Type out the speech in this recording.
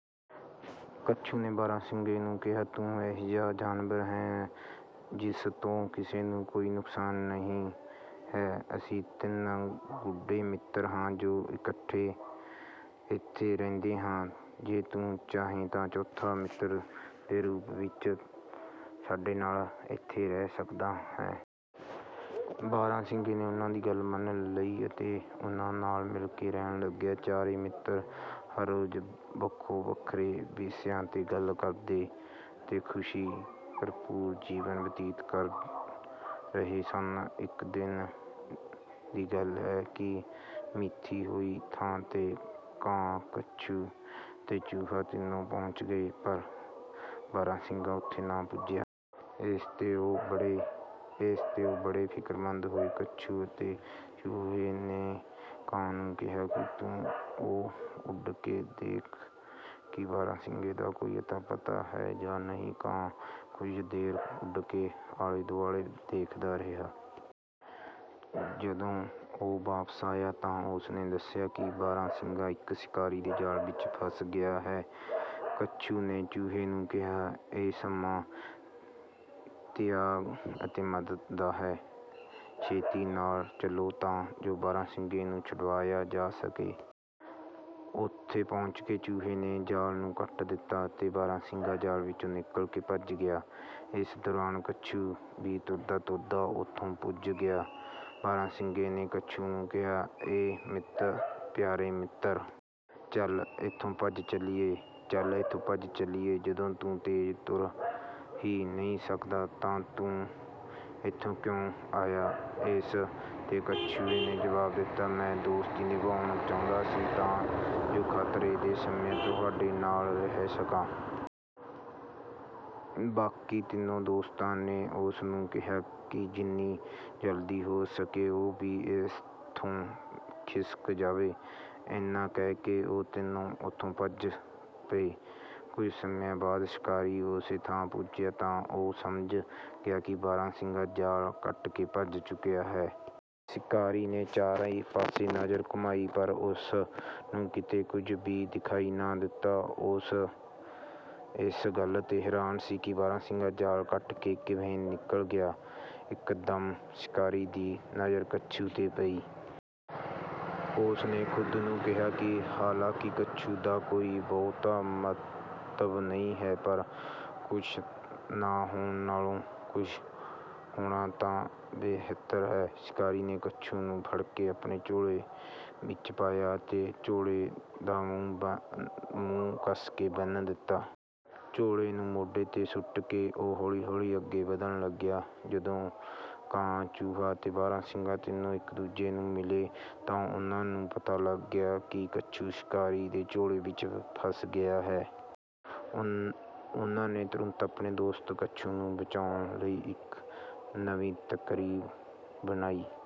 ਕੱਛੂ ਨੇ ਬਾਰਾਂਸਿੰਗੇ ਨੂੰ ਕਿਹਾ, "ਤੂੰ ਅਜਿਹਾ ਜਾਨਵਰ ਹੈਂ ਜਿਸ ਤੋਂ ਕਿਸੇ ਨੂੰ ਕੋਈ ਨੁਕਸਾਨ ਨਹੀਂ ਹੈ। ਅਸੀਂ ਤਿੰਨ ਗੂੜ੍ਹੇ ਮਿੱਤਰ ਹਾਂ ਜੋ ਇਕੱਠੇ ਇੱਥੇ ਰਹਿੰਦੇ ਹਾਂ। ਜੇ ਤੂੰ ਚਾਹੇਂ ਤਾਂ ਚੌਥੇ ਮਿੱਤਰ ਦੇ ਰੂਪ ਵਿੱਚ ਸਾਡੇ ਨਾਲ ਇੱਥੇ ਰਹਿ ਸਕਦਾ ਹੈਂ।" ਬਾਰਾਂਸਿੰਗੇ ਨੇ ਉਨ੍ਹਾਂ ਦੀ ਗੱਲ ਮੰਨ ਲਈ ਅਤੇ ਉਨ੍ਹਾਂ ਨਾਲ ਮਿਲ ਕੇ ਰਹਿਣ ਲੱਗਾ। ਚਾਰੇ ਮਿੱਤਰ ਹਰ ਰੋਜ਼ ਵੱਖੋ ਵੱਖਰੇ ਵਿਸ਼ਿਆਂ 'ਤੇ ਗੱਲਾਂ ਕਰਦੇ ਅਤੇ ਖ਼ੁਸ਼ੀ ਭਰਪੂਰ ਜੀਵਨ ਬਤੀਤ ਕਰ ਰਹੇ ਸਨ। ਇੱਕ ਦਿਨ ਦੀ ਗੱਲ ਹੈ ਕਿ ਮਿਥੀ ਹੋਈ ਥਾਂ 'ਤੇ ਕਾਂ, ਕੱਛੂ ਅਤੇ ਚੂਹਾ ਤਿੰਨੋਂ ਪਹੁੰਚ ਗਏ, ਪਰ ਬਾਰਾਂਸਿੰਗਾ ਉੱਥੇ ਨਾ ਪੁੱਜਿਆ। ਇਸ 'ਤੇ ਉਹ ਬੜੇ ਫ਼ਿਕਰਮੰਦ ਹੋਏ। ਕੱਛੂ ਅਤੇ ਚੂਹੇ ਨੇ ਕਾਂ ਨੂੰ ਕਿਹਾ ਕਿ ਉਹ ਉੱਡ ਕੇ ਵੇਖੇ ਕਿ ਬਾਰਾਂਸਿੰਗੇ ਦਾ ਕੋਈ ਅਤਾ-ਪਤਾ ਹੈ ਜਾਂ ਨਹੀਂ। ਕਾਂ ਕੁਝ ਦੇਰ ਉੱਡ ਕੇ ਆਲੇ-ਦੁਆਲੇ ਵੇਖਦਾ ਰਿਹਾ। ਜਦੋਂ ਉਹ ਵਾਪਸ ਆਇਆ ਤਾਂ ਉਸ ਨੇ ਦੱਸਿਆ ਕਿ ਬਾਰਾਂਸਿੰਗਾ ਇੱਕ ਸ਼ਿਕਾਰੀ ਦੇ ਜਾਲ ਵਿੱਚ ਫੱਸ ਗਿਆ ਹੈ। ਕੱਛੂ ਨੇ ਚੂਹੇ ਨੂੰ ਕਿਹਾ, "ਇਹ ਸਮਾਂ ਤਿਆਗ ਅਤੇ ਮਦਦ ਦਾ ਹੈ। ਛੇਤੀ ਨਾਲ ਚੱਲੋ ਤਾਂ ਜੋ ਬਾਰਾਂਸਿੰਗੇ ਨੂੰ ਛੁਡਵਾਇਆ ਜਾ ਸਕੇ।" ਉੱਥੇ ਪਹੁੰਚ ਕੇ ਚੂਹੇ ਨੇ ਜਾਲ ਨੂੰ ਕੱਟ ਦਿੱਤਾ ਅਤੇ ਬਾਰਾਂਸਿੰਗਾ ਜਾਲ ਵਿੱਚੋਂ ਨਿਕਲ ਕੇ ਭੱਜ ਗਿਆ। ਇਸੇ ਦੌਰਾਨ ਕੱਛੂ ਵੀ ਤੁਰਦਾ-ਤੁਰਦਾ ਉੱਥੇ ਪੁੱਜ ਗਿਆ। ਬਾਰਾਂਸਿੰਗੇ ਨੇ ਕੱਛੂ ਨੂੰ ਕਿਹਾ, "ਐ ਪਿਆਰੇ ਮਿੱਤਰ! ਚੱਲ ਇੱਥੋਂ ਭੱਜ ਚੱਲੀਏ। ਜਦੋਂ ਤੂੰ ਤੇਜ਼ ਤੁਰ ਹੀ ਨਹੀਂ ਸਕਦਾ ਤਾਂ ਤੂੰ ਇੱਥੇ ਕਿਉਂ ਆਇਆ?" ਇਸ 'ਤੇ ਕੱਛੂ ਨੇ ਜਵਾਬ ਦਿੱਤਾ, "ਮੈਂ ਦੋਸਤੀ ਨਿਭਾਉਣਾ ਚਾਹੁੰਦਾ ਸੀ ਤਾਂ ਜੋ ਖ਼ਤਰੇ ਦੇ ਸਮੇਂ ਤੁਹਾਡੇ ਨਾਲ ਰਹਿ ਸਕਾਂ।" ਬਾਕੀ ਤਿੰਨੋਂ ਦੋਸਤਾਂ ਨੇ ਉਸ ਨੂੰ ਕਿਹਾ ਕਿ ਜਿੰਨੀ ਜਲਦੀ ਹੋ ਸਕੇ ਉਹ ਵੀ ਇੱਥੋਂ ਖਿਸਕ ਜਾਵੇ। ਇੰਨਾ ਕਹਿ ਕੇ ਉਹ ਤਿੰਨੇ ਉੱਥੋਂ ਭੱਜ ਪਏ। ਕੁਝ ਸਮੇਂ ਬਾਅਦ ਸ਼ਿਕਾਰੀ ਉਸ ਥਾਂ ਪੁੱਜਿਆ ਤਾਂ ਉਹ ਸਮਝ ਗਿਆ ਕਿ ਬਾਰਾਂਸਿੰਗਾ ਜਾਲ ਕੱਟ ਕੇ ਭੱਜ ਚੁੱਕਾ ਹੈ। ਸ਼ਿਕਾਰੀ ਨੇ ਚਹੁੰ ਪਾਸੇ ਨਜ਼ਰ ਘੁਮਾਈ, ਪਰ ਉਸ ਨੂੰ ਕਿਤੇ ਕੁਝ ਵੀ ਦਿਖਾਈ ਨਾ ਦਿੱਤਾ। ਉਹ ਇਸ ਗੱਲ 'ਤੇ ਹੈਰਾਨ ਸੀ ਕਿ ਬਾਰਾਂਸਿੰਗਾ ਜਾਲ ਕੱਟ ਕੇ ਕਿਵੇਂ ਨਿਕਲ ਗਿਆ। ਇਕਦਮ ਸ਼ਿਕਾਰੀ ਦੀ ਨਜ਼ਰ ਕੱਛੂ 'ਤੇ ਪਈ। ਉਸ ਨੇ ਖ਼ੁਦ ਨੂੰ ਕਿਹਾ ਕਿ ਹਾਲਾਂਕਿ ਕੱਛੂ ਦਾ ਕੋਈ ਬਹੁਤਾ ਮਹੱਤਵ ਨਹੀਂ ਹੈ, ਪਰ ਕੁਝ ਨਾ ਹੋਣ ਨਾਲੋਂ ਕੁਝ ਹੋਣਾ ਤਾਂ ਬਿਹਤਰ ਹੈ। ਸ਼ਿਕਾਰੀ ਨੇ ਕੱਛੂ ਨੂੰ ਫੜ ਕੇ ਆਪਣੇ ਝੋਲੇ ਵਿੱਚ ਪਾਇਆ ਅਤੇ ਝੋਲੇ ਦਾ ਮੂੰਹ ਕੱਸ ਕੇ ਬੰਨ੍ਹ ਦਿੱਤਾ। ਝੋਲੇ ਨੂੰ ਮੋਢੇ 'ਤੇ ਸੁੱਟ ਕੇ ਉਹ ਹੌਲੀ-ਹੌਲੀ ਅੱਗੇ ਵਧਣ ਲੱਗਾ। ਜਦੋਂ ਕਾਂ, ਚੂਹਾ ਅਤੇ ਬਾਰਾਂਸਿੰਗਾ ਤਿੰਨੇ ਇੱਕ-ਦੂਜੇ ਨੂੰ ਮਿਲੇ, ਤਾਂ ਉਨ੍ਹਾਂ ਨੂੰ ਪਤਾ ਲੱਗਾ ਕਿ ਕੱਛੂ ਸ਼ਿਕਾਰੀ ਦੇ ਝੋਲੇ ਵਿੱਚ ਫਸ ਗਿਆ ਹੈ। ਉਨ੍ਹਾਂ ਨੇ ਤੁਰੰਤ ਆਪਣੇ ਦੋਸਤ ਕੱਛੂ ਨੂੰ ਬਚਾਉਣ ਲਈ ਇੱਕ ਨਵੀਂ ਤਰਕੀਬ ਬਣਾਈ।